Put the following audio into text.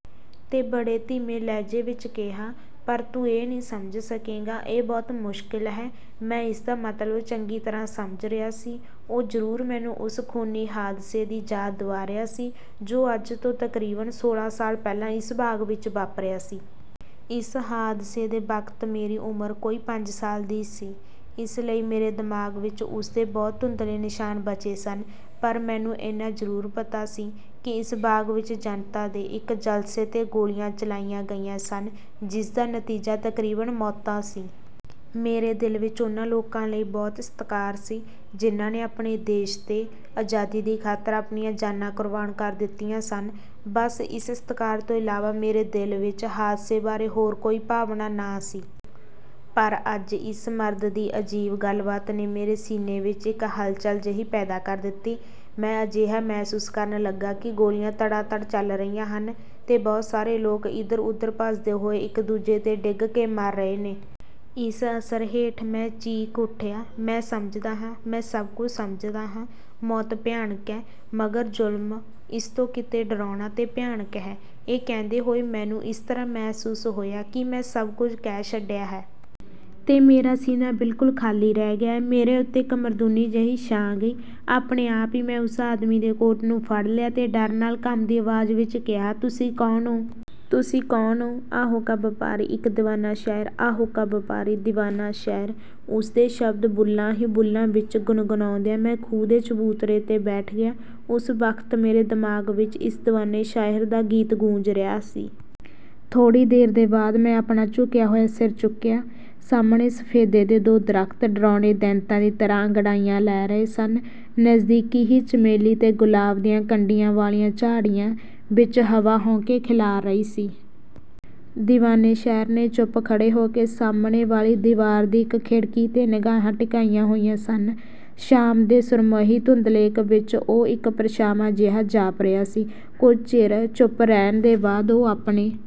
ਤੇ ਬੜੇ ਧੀਮੇ ਲਹਿਜੇ ਵਿਚ ਕਿਹਾ, ਪਰ ਤੂੰ ਇਹ ਨਹੀਂ ਸਮਝ ਸਕੇਂਗਾ, ਇਹ ਬਹੁਤ ਮੁਸ਼ਕਿਲ ਹੈ। ਮੈਂ ਇਸਦਾ ਮਤਲਬ ਚੰਗੀ ਤਰ੍ਹਾਂ ਸਮਝ ਰਿਹਾ ਸੀ। ਉਹ ਜ਼ਰੂਰ ਮੈਨੂੰ ਉਸ ਖੂਨੀ ਹਾਦਸੇ ਦੀ ਯਾਦ ਦੁਆ ਰਿਹਾ ਸੀ ਜੋ ਅੱਜ ਤੋਂ ਤਕਰੀਬਨ ਸੋਲ੍ਹਾਂ ਸਾਲ ਪਹਿਲਾਂ ਇਸ ਬਾਗ਼ ਵਿਚ ਵਾਪਰਿਆ ਸੀ। ਇਸ ਹਾਦਸੇ ਦੇ ਵਕਤ ਮੇਰੀ ਉਮਰ ਕੋਈ ਪੰਜ ਸਾਲ ਦੀ ਸੀ। ਇਸ ਲਈ ਮੇਰੇ ਦਿਮਾਗ਼ ਵਿਚ ਉਸ ਦੇ ਬਹੁਤ ਧੁੰਦਲੇ ਨਿਸ਼ਾਨ ਬਚੇ ਸਨ। ਪਰ ਮੈਨੂੰ ਇੰਨਾ ਜ਼ਰੂਰ ਪਤਾ ਸੀ ਕਿ ਇਸ ਬਾਗ਼ ਵਿਚ ਜਨਤਾ ਦੇ ਇਕ ਜਲਸੇ ’ਤੇ ਗੋਲੀਆਂ ਚਲਾਈਆਂ ਗਈਆਂ ਸਨ, ਜਿਸ ਦਾ ਨਤੀਜਾ ਤਕਰੀਬਨ ਮੌਤਾਂ ਸੀ। ਮੇਰੇ ਦਿਲ ਵਿਚ ਉਨ੍ਹਾਂ ਲੋਕਾਂ ਲਈ ਬਹੁਤ ਸਤਿਕਾਰ ਸੀ ਜਿਨ੍ਹਾਂ ਨੇ ਆਪਣੇ ਦੇਸ਼ ਤੇ ਆਜ਼ਾਦੀ ਦੀ ਖਾਤਰ ਆਪਣੀਆਂ ਜਾਨਾਂ ਕੁਰਬਾਨ ਕਰ ਦਿੱਤੀਆਂ ਸਨ। ਬੱਸ ਇਸ ਸਤਿਕਾਰ ਤੋਂ ਇਲਾਵਾ ਮੇਰੇ ਦਿਲ ਵਿਚ ਹਾਦਸੇ ਬਾਰੇ ਹੋਰ ਕੋਈ ਭਾਵਨਾ ਨਾ ਸੀ। ਪਰ ਅੱਜ ਇਸ ਮਰਦ ਦੀ ਅਜੀਬ ਗੱਲਬਾਤ ਨੇ ਮੇਰੇ ਸੀਨੇ ਵਿਚ ਇੱਕ ਹਲਚਲ ਜਿਹੀ ਪੈਦਾ ਕਰ ਦਿੱਤੀ। ਮੈਂ ਅਜਿਹਾ ਮਹਿਸੂਸ ਕਰਨ ਲੱਗਾ ਕਿ ਗੋਲੀਆਂ ਤੜਾਤੜ ਚੱਲ ਰਹੀਆਂ ਹਨ ਤੇ ਬਹੁਤ ਸਾਰੇ ਲੋਕ ਏਧਰ-ਓਧਰ ਭੱਜਦੇ ਹੋਏ ਇੱਕ ਦੂਜੇ ’ਤੇ ਡਿੱਗ ਕੇ ਮਰ ਰਹੇ ਨੇ। ਇਸ ਅਸਰ ਹੇਠ ਮੈਂ ਚੀਖ ਉੱਠਿਆ। ਮੈਂ ਸਮਝਦਾ ਹਾਂ, ਮੈਂ ਸਭ ਕੁਝ ਸਮਝਦਾ ਹਾਂ। ਮੌਤ ਭਿਆਨਕ ਹੈ। ਮਗਰ ਜ਼ੁਲਮ ਇਸ ਤੋਂ ਕਿਤੇ ਡਰਾਉਣਾ ਤੇ ਭਿਆਨਕ ਹੈ। ਇਹ ਕਹਿੰਦੇ ਹੋਏ ਮੈਨੂੰ ਇਸ ਤਰ੍ਹਾਂ ਮਹਿਸੂਸ ਹੋਇਆ ਕਿ ਮੈਂ ਸਭ ਕੁਝ ਕਹਿ ਛੱਡਿਆ ਹੈ। ਤੇ ਮੇਰਾ ਸੀਨਾ ਬਿਲਕੁਲ ਖਾਲੀ ਰਹਿ ਗਿਆ ਹੈ। ਮੇਰੇ ਉੱਤੇ ਇੱਕ ਮੁਰਦਨੀ ਜਿਹੀ ਛਾ ਗਈ। ਆਪਣੇ ਆਪ ਹੀ ਮੈਂ ਉਸ ਆਦਮੀ ਦੇ ਕੋਟ ਨੂੰ ਫੜ ਲਿਆ ਤੇ ਡਰ ਨਾਲ ਕੰਬਦੀ ਆਵਾਜ਼ ਵਿਚ ਕਿਹਾ, ਤੁਸੀਂ ਕੌਣ ਹੋ? ਤੁਸੀਂ ਕੌਣ ਹੋ? ਆਹੋਂ ਕਾ ਵਪਾਰੀ, ਇੱਕ ਦੀਵਾਨਾ ਸ਼ਾਇਰ। ਆਹੋਂ ਕਾ ਵਪਾਰੀ! ਦੀਵਾਨਾ ਸ਼ਾਇਰ! ਉਸ ਦੇ ਸ਼ਬਦ ਬੁੱਲ੍ਹਾਂ ਹੀ ਬੁੱਲ੍ਹਾਂ ਵਿਚ ਗੁਣਗੁਣਾਉਂਦਿਆਂ ਮੈਂ ਖੂਹ ਦੇ ਚਬੂਤਰੇ ’ਤੇ ਬੈਠ ਗਿਆ। ਉਸ ਵਕਤ ਮੇਰੇ ਦਿਮਾਗ਼ ਵਿਚ ਇਸ ਦੀਵਾਨੇ ਸ਼ਾਇਰ ਦਾ ਗੀਤ ਗੂੰਜ ਰਿਹਾ ਸੀ। ਥੋੜ੍ਹੀ ਦੇਰ ਦੇ ਬਾਅਦ ਮੈਂ ਆਪਣਾ ਝੁਕਿਆ ਹੋਇਆ ਸਿਰ ਚੁੱਕਿਆ। ਸਾਹਮਣੇ ਸਫ਼ੇਦੇ ਦੇ ਦੋ ਦਰੱਖਤ ਡਰਾਉਣੇ ਦੈਂਤਾਂ ਦੀ ਤਰ੍ਹਾਂ ਅੰਗੜਾਈਆਂ ਲੈ ਰਹੇ ਸਨ। ਨਜ਼ਦੀਕ ਹੀ ਚਮੇਲੀ ਤੇ ਗੁਲਾਬ ਦੀਆਂ ਕੰਡਿਆਂ ਵਾਲੀਆਂ ਝਾੜੀਆਂ ਵਿਚ ਹਵਾ ਹਉਕੇ ਖਿਲਾਰ ਰਹੀ ਸੀ। ਦੀਵਾਨੇ ਸ਼ਾਇਰ ਨੇ ਚੁੱਪ ਖੜ੍ਹੇ ਹੋ ਕੇ ਸਾਹਮਣੇ ਵਾਲੀ ਦੀਵਾਰ ਦੀ ਇੱਕ ਖਿੜਕੀ ’ਤੇ ਨਿਗਾਹਾਂ ਟਿਕਾਈਆਂ ਹੋਈਆਂ ਸਨ। ਸ਼ਾਮ ਦੇ ਸੁਰਮਈ ਧੁੰਦਲਕੇ ਵਿਚ ਉਹ ਇੱਕ ਪਰਛਾਵਾਂ ਜਿਹਾ ਜਾਪ ਰਿਹਾ ਸੀ। ਕੁਝ ਚਿਰ ਚੁੱਪ ਰਹਿਣ ਦੇ ਬਾਅਦ ਉਹ ਆਪਣੇ